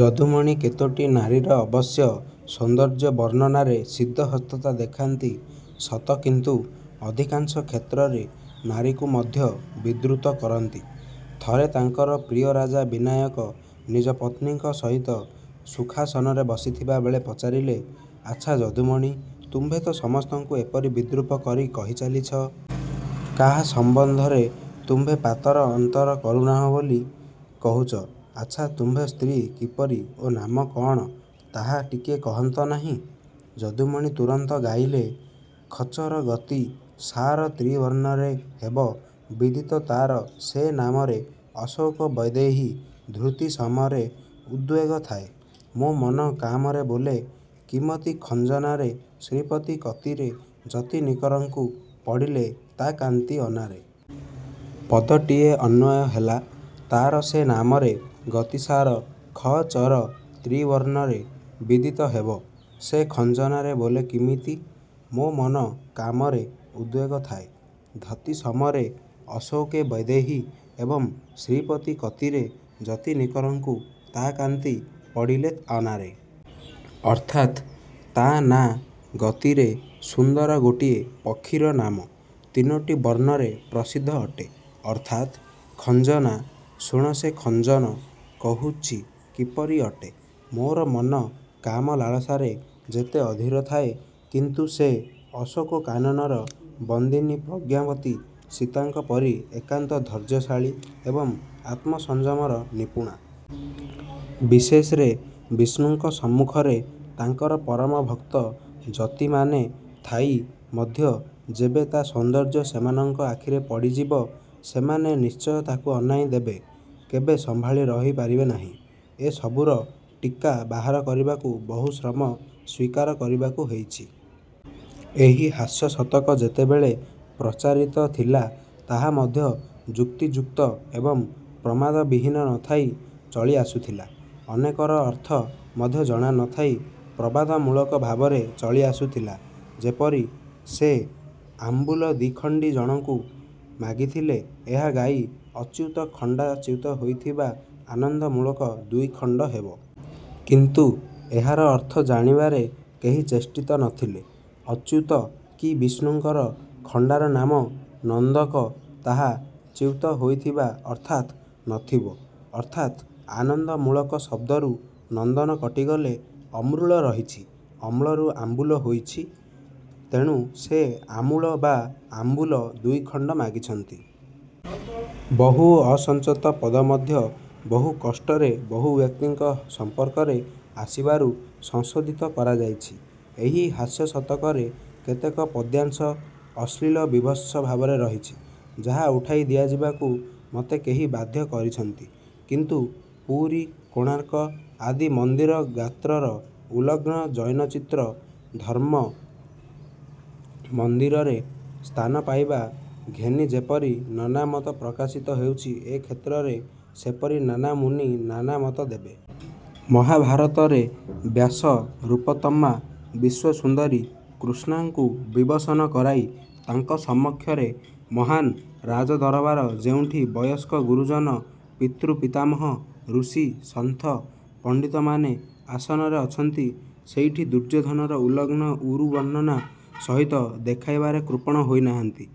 ଯଦୁମଣି କେତୋଟି ନାରୀର ଅବଶ୍ୟ ସୌନ୍ଦର୍ଯ୍ୟ ବର୍ଣ୍ଣନାରେ ସିଦ୍ଧହସ୍ତତା ଦେଖାନ୍ତି ସତ କିନ୍ତୁ ଅଧିକାଂଶ କ୍ଷେତ୍ରରେ ନାରୀକୁ ମଧ୍ୟ ବିଦ୍ରୂତ କରନ୍ତି। ଥରେ ତାଙ୍କର ପ୍ରିୟରାଜା ବିନାୟକ ନିଜପତ୍ନୀଙ୍କ ସହିତ ସୁଖାସନରେ ବସିଥିବାବେଳେ ପଚାରିଲେ- 'ଆଚ୍ଛା ଯଦୁମଣି, ତୁମ୍ଭେ ତ ସମସ୍ତଙ୍କୁ ଏପରି ବିଦ୍ରୂପ କରି କହି ଚାଲିଛ। କାହା ସମ୍ବନ୍ଧରେ ତୁମ୍ଭେ ପାତର ଅନ୍ତର କରୁନାହଁ ବୋଲି କହୁଚ। ଆଚ୍ଛା ତୁମ୍ଭ ସ୍ତ୍ରୀ କିପରି ଓ ନାମ କଣ ତାହା ଟିକିଏ କହନ୍ତ ନାହିଁ? ଯଦୁମଣି ତୁରନ୍ତ ଗାଇଲେ- ଖଚର ଗତି ସାର ତ୍ରିବର୍ଣ୍ଣରେ ହେବ ବିଦିତ ତାର ସେ ନାମରେ ଅଶୋକେ ବୈଦେହୀ ଧୃତି ସମରେ ଉଦ୍ବେଗ ଥାଏ ମୋ ମନ କାମରେ ବୋଲେ କିମତି ଖଞ୍ଜନାରେ ଶ୍ରୀପତି କତିରେ ଯତି ନିକରଙ୍କୁ ପଡ଼ିଲେ ତା କାନ୍ତି ଅନାରେ। ପଦଟିର ଅନ୍ୱୟ ହେଲା- ତାର ସେ ନାମରେ ଗତିସାର ଖ−ଚର ତ୍ରୀବର୍ଣ୍ଣରେ ବିଦିତ ହେବ। ସେ ଖଞ୍ଜନାରେ ବୋଲେ କିମିତି? ମୋ ମନ କାମରେ ଉଦ୍ବେଗ ଥାଏ ଧତି ସମରେ ଅଶୋକେ ବୈଦେହୀ ଏବଂ ଶ୍ରୀପତି କତିରେ ଯତି ନିକରଙ୍କୁ ତା କାନ୍ତି ପଡ଼ିଲେ ଅନାରେ। ଅର୍ଥାତ-ତା ନାଁ ଗତିରେ ସୁନ୍ଦର ଗୋଟିଏ ପକ୍ଷୀର ନାମ ତିନୋଟି ବର୍ଣ୍ଣରେ ପ୍ରସିଦ୍ଧ ଅଟେ। ଅର୍ଥାତ୍ 'ଖଂଜନା'। ଶୁଣ ସେ ଖଂଜନ, କହୁଛି କିପରି ଅଟେ? ମୋର ମନ କାମ ଲାଳସାରେ ଯେତେ ଅଧୀର ଥାଏ, କିନ୍ତୁ ସେ ଅଶୋକ କାନନର ବନ୍ଦିନୀ ପ୍ରଜ୍ଞାବତୀ ସୀତାଙ୍କ ପରି ଏକାନ୍ତ ଧୈର୍ଯ୍ୟଶାଳୀ ଏବଂ ଆତ୍ମସଂଯମର ନିପୁଣା। ବିଶେଷରେ ବିଷ୍ଣୁଙ୍କ ସମ୍ମୁଖରେ ତାଙ୍କର ପରମ ଭକ୍ତ ଯତିମାନେ ଥାଇ ମଧ୍ୟ ଯେବେ ତା ସୌନ୍ଦର୍ଯ୍ୟ ସେମାନଙ୍କ ଆଖିରେ ପଡ଼ିଯିବ, ସେମାନେ ନିଶ୍ଚିୟ ତାକୁ ଅନାଇଁ ଦେବେ। କେବେ ସମ୍ଭାଳି ରହି ପାରିବେ ନାହିଁ। ଏ ସବୁର ଟୀକା ବାହାର କରିବାକୁ ବହୁଶ୍ରମ ସ୍ୱୀକାର କରିବାକୁ ହେଇଛି। ଏହି ହାସ୍ୟଶତକ ଯେତେବେଳେ ପ୍ରଚାରିତ ଥିଲା ତାହା ମଧ୍ୟ ଯୁକ୍ତିଯୁକ୍ତ ଏବଂ ପ୍ରମାଦବିହୀନ ନଥାଇ ଚଳି ଆସୁଥିଲା। ଅନେକର ଅର୍ଥ ମଧ୍ୟ ଜଣା ନଥାଇ ପ୍ରବାଦମୂଳକ ଭାବରେ ଚଳିଆସୁଥିଲା। ଯେପରି ସେ ଆମ୍ଭୁଲ ଦିଖଣ୍ଡି ଜଣକୁ ମାଗିଥିଲେ ଏହାଗାଇ- ଅଚ୍ୟୁତ ଖଣ୍ଡା ଚ୍ୟୁତ ହୋଇଥିବ ଆନନ୍ଦମୂଳକ ଦ୍ୱିଖଣ୍ଡ ହେବ। କିନ୍ତୁ ଏହାର ଅର୍ଥ ଜାଣିବାରେ କେହି ଚେଷ୍ଟିତ ନଥିଲେ। ଅଚ୍ୟୁତ କି ବିଷ୍ଣୁଙ୍କର ଖଣ୍ଡାର ନାମ ''ନନ୍ଦକ" ତାହା ଚ୍ୟୁତ ହୋଇଥିବ ଅର୍ଥାତ୍ ନଥିବ ଅର୍ଥାତ୍ ଆନନ୍ଦ ମୂଳକ ଶବ୍ଦରୁ 'ନନ୍ଦନ' କଟିଗଲେ ଅମୃଳ ରହିଛି। ଅମ୍ଳରୁ ଆମ୍ବୁଲ ହୋଇଛି। ତେଣୁ ସେ ଆମୂଳ ବା ଆମ୍ବୁଲ ଦୁଇଖଣ୍ଡ ମାଗିଛନ୍ତି। ବହୁ ଅସଂଚତ ପଦମଧ୍ୟ ବହୁ କଷ୍ଟରେ ବହୁବ୍ୟକ୍ତିଙ୍କ ସଂପର୍କରେ ଆସିବାରୁ ସଂଶୋଧିତ କରାଯାଇଛି। ଏହି ହାସ୍ୟଶତକରେ କେତେକ ପଦ୍ୟାଂଶ ଅଶ୍ଳିଳ ବିଭତ୍ସ ଭାବରେ ରହିଛି, ଯାହା ଉଠାଇ ଦିଆଯିବାକୁ ମୋତେ କେହି କେହି ବାଧ୍ୟ କରିଛନ୍ତି। କିନ୍ତୁ ପୁରୀ କୋଣାର୍କ ଆଦି ମନ୍ଦିର ଗାତ୍ରର ଉଲ୍ଲଙ୍ଗ ଯୌନଚିତ୍ର ଧର୍ମ୍ମ ମନ୍ଦିରରେ ସ୍ଥାନ ପାଇବା ଘେନି ଯେପରି ନାନାମତ ପ୍ରକାଶିତ ହେଉଛି, ଏ କ୍ଷେତ୍ରରେ ସେପରି ନାନା ମୁନି ନାନା ମତ ଦେବେ। ମହାଭାରତରେ ବ୍ୟାସ ରୂପୋତ୍ତମା ବିଶ୍ୱସୁନ୍ଦରୀ କୃଷ୍ଣାଙ୍କୁ ବିବସନ କରାଇ ତାଙ୍କ ସମକ୍ଷରେ ମହାନ୍ ରାଜଦରବାର ଯେଉଁଠି ବୟସ୍କ ଗୁରୁଜନ ପିତୃପିତାମହା, ଋଷି, ସନ୍ଥ ପଣ୍ଡିତମାନେ ଆସନରେ ଅଛନ୍ତି, ସେଇଠି ଦୁର୍ଯ୍ୟୋଧନର ଉଲ୍ଲଙ୍ଗ ଊରୁ ବର୍ଣ୍ଣନା ସହିତ ଦେଖାଇବାରେ କୃପଣ ହୋଇନାହାନ୍ତି।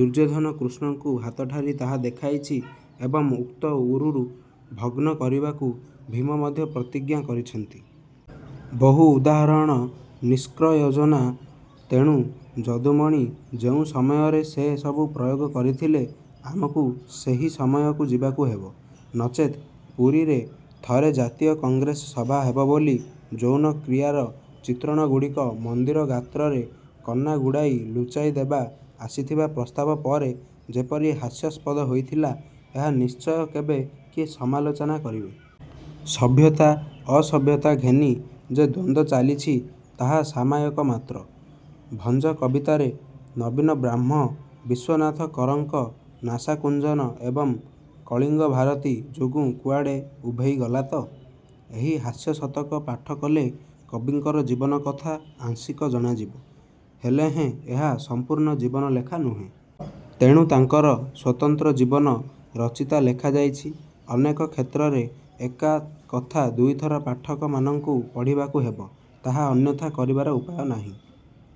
ଦୁର୍ଯ୍ୟୋଧନ କୃଷ୍ଣଙ୍କୁ ହାତଠାରି ତାହା ଦେଖାଇଛି ଏବଂ ଉକ୍ତ ଊରୁ ଭଗ୍ନ କରିବାକୁ ଭୀମ ମଧ୍ୟ ପ୍ରତିଜ୍ଞା କରଛନ୍ତି। ବହୁ ଉଦାହରଣ ନିଷ୍ପ୍ରୟୋଜନ। ତେଣୁ ଯଦୁମଣି ଯେଉଁ ସମୟରେ ସେ ସବୁ ପ୍ରୟୋଗ କରିଥିଲେ, ଆମକୁ ସେହି ସମୟକୁ ଯିବାକୁ ହେବ। ନଚେତ୍ ପୁରୀରେ ଥରେ ଜାତୀୟ କଂଗ୍ରେସ ସଭା ହେବ ବୋଲି ଯୌନକ୍ରିୟାର ଚିତ୍ରଣଗୁଡ଼ିକ ମନ୍ଦିର ଗାତ୍ରରେ କନାଗୁଡ଼ାଇ ଲୁଚାଇଦେବା ଆସିଥିବା ପ୍ରସ୍ତାବ ପରେ ଯେପରି ହାସ୍ୟସ୍ପଦ ହୋଇଥିଲା ଏହା ନିଶ୍ଚୟ କେବେ କିଏ ସମାଲୋଚନା କରିବେ। ସଭ୍ୟତା ଅସଭ୍ୟତା ଘେନି ଯେ ଦ୍ୱନ୍ଦ୍ୱ ଚାଲିଛି, ତାହା ସାମୟିକ ମାତ୍ର। ଭଞ୍ଜ କବିତାରେ ନବୀନ ବ୍ରାହ୍ମ ବିଶ୍ୱନାଥ କରଙ୍କ ନାସାକୁଞ୍ଚନ ଏବେ କଳିଙ୍ଗଭାରତୀ ଯୋଗୁଁ କୁଆଡ଼େ ଉଭେଇ ଗଲାତ? ଏହି ହାସ୍ୟଶତକ ପାଠକଲେ କବିଙ୍କର ଜୀବନକଥା ଆଂଶିକ ଜଣାଯିବ। ହେଲେହେଁ ଏହା ସଂପୂର୍ଣ୍ଣ ଜୀବନାଲେଖା ନୁହେଁ। ତେଣୁ ତାଙ୍କର ସ୍ୱତନ୍ତ୍ର ଜୀବନ−ଚରିତ ଲେଖା ଯାଇଛି। ଅନେକ କ୍ଷେତ୍ରରେ ଏକା କଥା ଦୁଇଥର ପାଠକମାନଙ୍କୁ ପଢ଼ିବାକୁ ହେବ। ତାହା ଅନ୍ୟଥା କରିବାର ଉପାୟ ନାହିଁ।